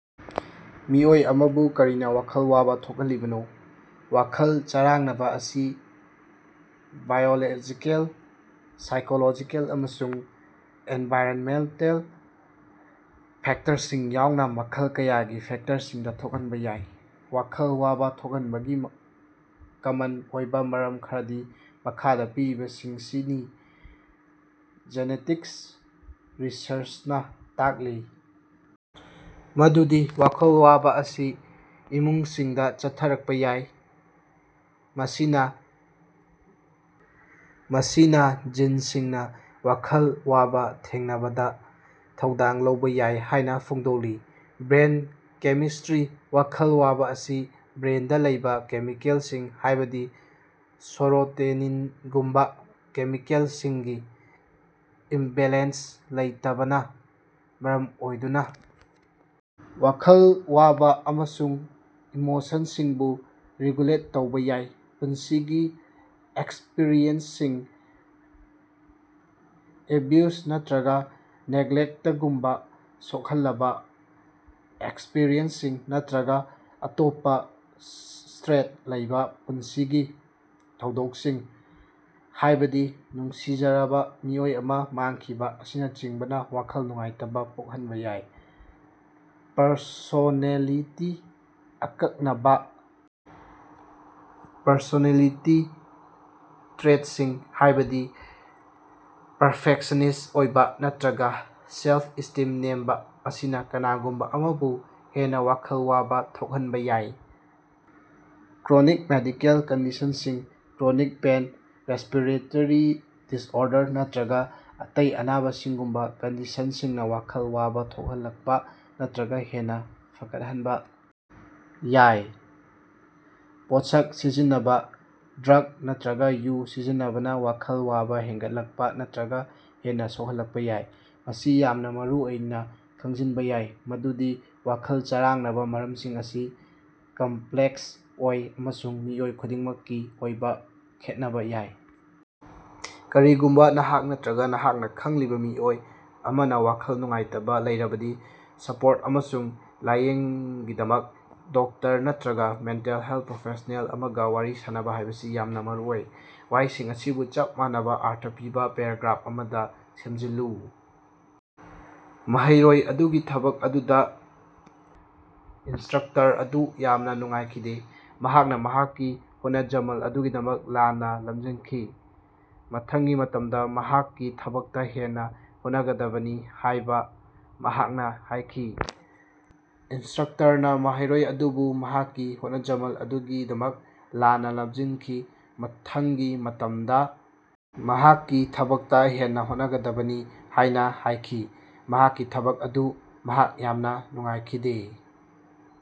ꯃꯤꯑꯣꯏ ꯑꯃꯕꯨ ꯀꯔꯤꯅ ꯋꯥꯈꯜ ꯋꯥꯕ ꯊꯣꯛꯍꯜꯂꯤꯕꯅꯣ? ꯋꯥꯈꯜ ꯆꯔꯥꯡꯅꯕꯥ ꯑꯁꯤ ꯕꯥꯏꯑꯣꯂꯣꯖꯤꯀꯦꯜ, ꯁꯥꯏꯀꯣꯂꯣꯖꯤꯀꯦꯜ ꯑꯃꯁꯨꯡ ꯑꯦꯟꯚꯥꯏꯔꯟꯃꯦꯟꯇꯦꯜ ꯐꯦꯛꯇꯔꯁꯤꯡ ꯌꯥꯎꯅ ꯃꯈꯜ ꯀꯌꯥꯒꯤ ꯐꯦꯛꯇꯔꯁꯤꯡꯅ ꯊꯣꯛꯍꯟꯕ ꯌꯥꯏ꯫ ꯋꯥꯈꯜ ꯋꯥꯕ ꯊꯣꯛꯍꯟꯕꯒꯤ ꯀꯃꯟ ꯑꯣꯏꯕ ꯃꯔꯝ ꯈꯔꯗꯤ ꯃꯈꯥꯗ ꯄꯤꯔꯤꯕꯁꯤꯡꯁꯤꯅꯤ꯫ ꯖꯦꯅꯦꯇꯤꯛꯁ - ꯔꯤꯁꯔꯆꯅꯥ ꯇꯥꯛꯂꯤ ꯃꯗꯨꯗꯤ ꯋꯥꯈꯜ ꯋꯥꯕ ꯑꯁꯤ ꯏꯃꯨꯡꯁꯤꯡꯗ ꯆꯠꯊꯔꯛꯄ ꯌꯥꯏ, ꯃꯁꯤꯅ ꯖꯤꯟꯁꯤꯡꯅ ꯋꯥꯈꯜ ꯋꯥꯕ ꯊꯦꯡꯅꯕꯗ ꯊꯧꯗꯥꯡ ꯂꯧꯕ ꯌꯥꯏ ꯍꯥꯏꯅ ꯐꯣꯡꯗꯣꯛꯂꯤ꯫ ꯕ꯭ꯔꯦꯟ ꯀꯦꯃꯤꯁꯇ꯭ꯔꯤ - ꯋꯥꯈꯜ ꯋꯥꯕ ꯑꯁꯤ ꯕ꯭ꯔꯦꯟꯗ ꯂꯩꯕ ꯀꯦꯃꯤꯀꯦꯜꯁꯤꯡ, ꯍꯥꯏꯕꯗꯤ ꯁꯦꯔꯣꯇꯣꯅꯤꯟꯒꯨꯝꯕ ꯀꯦꯃꯤꯀꯦꯜꯁꯤꯡꯒꯤ ꯏꯝꯕꯦꯂꯦꯟꯁ ꯂꯩꯇꯕꯅꯥ ꯃꯔꯝ ꯑꯣꯏꯗꯨꯅ ꯋꯥꯈꯜ ꯋꯥꯕ ꯑꯃꯁꯨꯡ ꯏꯃꯣꯁꯟꯁꯤꯡꯕꯨ ꯔꯤꯒꯨꯂꯦꯠ ꯇꯧꯕ ꯌꯥꯏ꯫ ꯄꯨꯟꯁꯤꯒꯤ ꯑꯦꯛꯁꯄꯤꯔꯤꯑꯦꯟꯁꯁꯤꯡ - ꯑꯦꯕ꯭ꯌꯨꯖ ꯅꯠꯇꯔꯒ ꯅꯦꯒꯂꯦꯛꯇꯒꯨꯝꯕ ꯁꯣꯛꯍꯜꯂꯕꯥ ꯑꯦꯛꯁꯄꯤꯔꯤꯑꯦꯟꯁꯁꯤꯡ, ꯅꯠꯇꯔꯒ ꯑꯇꯣꯞꯄ ꯁ꯭ꯇꯔꯦꯁ ꯂꯩꯕ ꯄꯨꯟꯁꯤꯒꯤ ꯊꯧꯗꯣꯛꯁꯤꯡ, ꯍꯥꯏꯕꯗꯤ ꯅꯨꯡꯁꯤꯖꯔꯕꯥ ꯃꯤꯑꯣꯏ ꯑꯃ ꯃꯥꯡꯈꯤꯕ ꯑꯁꯤꯅꯆꯤꯡꯕꯅ ꯋꯥꯈꯜ ꯅꯨꯡꯉꯥꯏꯇꯕꯥ ꯄꯣꯛꯍꯟꯕ ꯌꯥꯏ꯫ ꯄꯔꯁꯣꯅꯦꯂꯤꯇꯤ- ꯑꯀꯛꯅꯕꯥ ꯄꯔꯁꯣꯅꯦꯂꯤꯇꯤ ꯇ꯭ꯔꯦꯠꯁꯤꯡ, ꯍꯥꯏꯕꯗꯤ ꯄꯔꯐꯦꯛꯁꯟꯅꯤꯁ꯭ꯠ ꯑꯣꯏꯕ ꯅꯠꯇꯔꯒ ꯁꯦꯜꯐ-ꯏꯁ꯭ꯇꯤꯝ ꯅꯦꯝꯕ ꯑꯁꯤꯅ ꯀꯅꯥꯒꯨꯝꯕ ꯑꯃꯕꯨ ꯍꯦꯟꯅ ꯋꯥꯈꯜ ꯋꯥꯕ ꯊꯣꯛꯍꯟꯕ ꯌꯥꯏ꯫ ꯀ꯭ꯔꯣꯅꯤꯛ ꯃꯦꯗꯤꯀꯦꯜ ꯀꯟꯗꯤꯁꯟꯁꯤꯡ- ꯀ꯭ꯔꯣꯅꯤꯛ ꯄꯦꯏꯟ, ꯔꯦꯁ꯭ꯄꯤꯔꯦꯇꯔꯤ ꯗꯤꯁꯑꯣꯔꯗꯔ, ꯅꯠꯇꯔꯒ ꯑꯇꯦꯏ ꯑꯅꯥꯕꯁꯤꯡꯒꯨꯝꯕ ꯀꯟꯗꯤꯁꯟꯁꯤꯡꯅ ꯋꯥꯈꯜ ꯋꯥꯕ ꯊꯣꯛꯍꯜꯂꯛꯄ ꯅꯠꯇꯔꯒ ꯍꯦꯟꯅ ꯐꯒꯠꯍꯟꯕ ꯌꯥꯏ꯫ ꯄꯣꯠꯁꯛ ꯁꯤꯖꯤꯟꯅꯕ - ꯗ꯭ꯔꯒ ꯅꯠꯇꯔꯒ ꯌꯨ ꯁꯤꯖꯤꯟꯅꯕꯅꯥ ꯋꯥꯈꯜ ꯋꯥꯕ ꯍꯦꯟꯒꯠꯂꯛꯄ ꯅꯠꯇꯔꯒ ꯍꯦꯟꯅ ꯁꯣꯛꯍꯜꯂꯛꯄ ꯌꯥꯏ꯫ ꯃꯁꯤ ꯌꯥꯝꯅ ꯃꯔꯨꯑꯣꯏꯅ ꯈꯪꯖꯤꯟꯕ ꯌꯥꯏ ꯃꯗꯨꯗꯤ ꯋꯥꯈꯜ ꯆꯔꯥꯡꯅꯕꯥ ꯃꯔꯝꯁꯤꯡ ꯑꯁꯤ ꯀꯝꯄ꯭ꯂꯦꯛꯁ ꯑꯣꯏ ꯑꯃꯁꯨꯡ ꯃꯤꯑꯣꯏ ꯈꯨꯗꯤꯡꯃꯛꯀꯤ ꯑꯣꯏꯅ ꯈꯦꯠꯅꯕ ꯌꯥꯏ꯫ ꯀꯔꯤꯒꯨꯝꯕ ꯅꯍꯥꯛ ꯅꯠꯇꯔꯒ ꯅꯍꯥꯛꯅ ꯈꯪꯂꯤꯕ ꯃꯤꯑꯣꯏ ꯑꯃꯅ ꯋꯥꯈꯜ ꯅꯨꯡꯉꯥꯏꯇꯕꯥ ꯂꯩꯔꯕꯗꯤ, ꯁꯄꯣꯔꯠ ꯑꯃꯁꯨꯡ ꯂꯥꯏꯌꯦꯡꯒꯤꯗꯃꯛ ꯗꯣꯛꯇꯔ ꯅꯠꯇꯔꯒ ꯃꯦꯟꯇꯦꯜ ꯍꯦꯜꯊ ꯄ꯭ꯔꯣꯐꯦꯁꯅꯦꯜ ꯑꯃꯒ ꯋꯥꯔꯤ ꯁꯥꯅꯕ ꯍꯥꯏꯕꯁꯤ ꯌꯥꯝꯅ ꯃꯔꯨꯑꯣꯏ꯫ ꯋꯥꯍꯩꯁꯤꯡ ꯑꯁꯤꯕꯨ ꯆꯞ ꯃꯥꯟꯅꯕꯥ ꯑꯔꯊ ꯄꯤꯕ ꯄꯦꯔꯥꯒ꯭ꯔꯥꯐ ꯑꯃꯗ ꯁꯦꯝꯖꯤꯜꯂꯨ꯫ ꯃꯍꯩꯔꯣꯏ ꯑꯗꯨꯒꯤ ꯊꯕꯛ ꯑꯗꯨꯗ ꯏꯟꯁꯇ꯭ꯔꯛꯇꯔ ꯑꯗꯨ ꯌꯥꯝꯅ ꯅꯨꯡꯉꯥꯏꯈꯤꯗꯦ꯫ ꯃꯍꯥꯛꯅ ꯃꯍꯥꯛꯀꯤ ꯍꯣꯠꯅꯖꯃꯜ ꯑꯗꯨꯒꯤꯗꯃꯛ ꯂꯥꯟꯅ ꯂꯝꯖꯤꯡꯈꯤ꯫ ꯃꯊꯪꯒꯤ ꯃꯇꯝꯗ ꯃꯍꯥꯛꯀꯤ ꯊꯕꯛꯇ ꯍꯦꯟꯅ ꯍꯣꯠꯅꯒꯗꯕꯅꯤ ꯍꯥꯏꯅ ꯃꯍꯥꯛꯅ ꯍꯥꯏꯈꯤ꯫ ꯏꯟꯁꯇ‍꯭ꯔꯛꯇꯔꯅꯥ ꯃꯍꯩꯔꯣꯏ ꯑꯗꯨꯕꯨ ꯃꯍꯥꯛꯀꯤ ꯍꯣꯠꯅꯖꯃꯜ ꯑꯗꯨꯒꯤꯗꯃꯛ ꯂꯥꯟꯅ ꯂꯝꯖꯤꯡꯈꯤ, ꯃꯊꯪꯒꯤ ꯃꯇꯝꯗ ꯃꯍꯥꯛꯀꯤ ꯊꯕꯛꯇ ꯍꯦꯟꯅ ꯍꯣꯠꯅꯒꯗꯕꯅꯤ ꯍꯥꯏꯅ ꯍꯥꯏꯈꯤ꯫ ꯃꯍꯥꯛꯀꯤ ꯊꯕꯛ ꯑꯗꯨꯗ ꯃꯍꯥꯛ ꯌꯥꯝꯅ ꯅꯨꯡꯉꯥꯏꯈꯤꯗꯦ꯫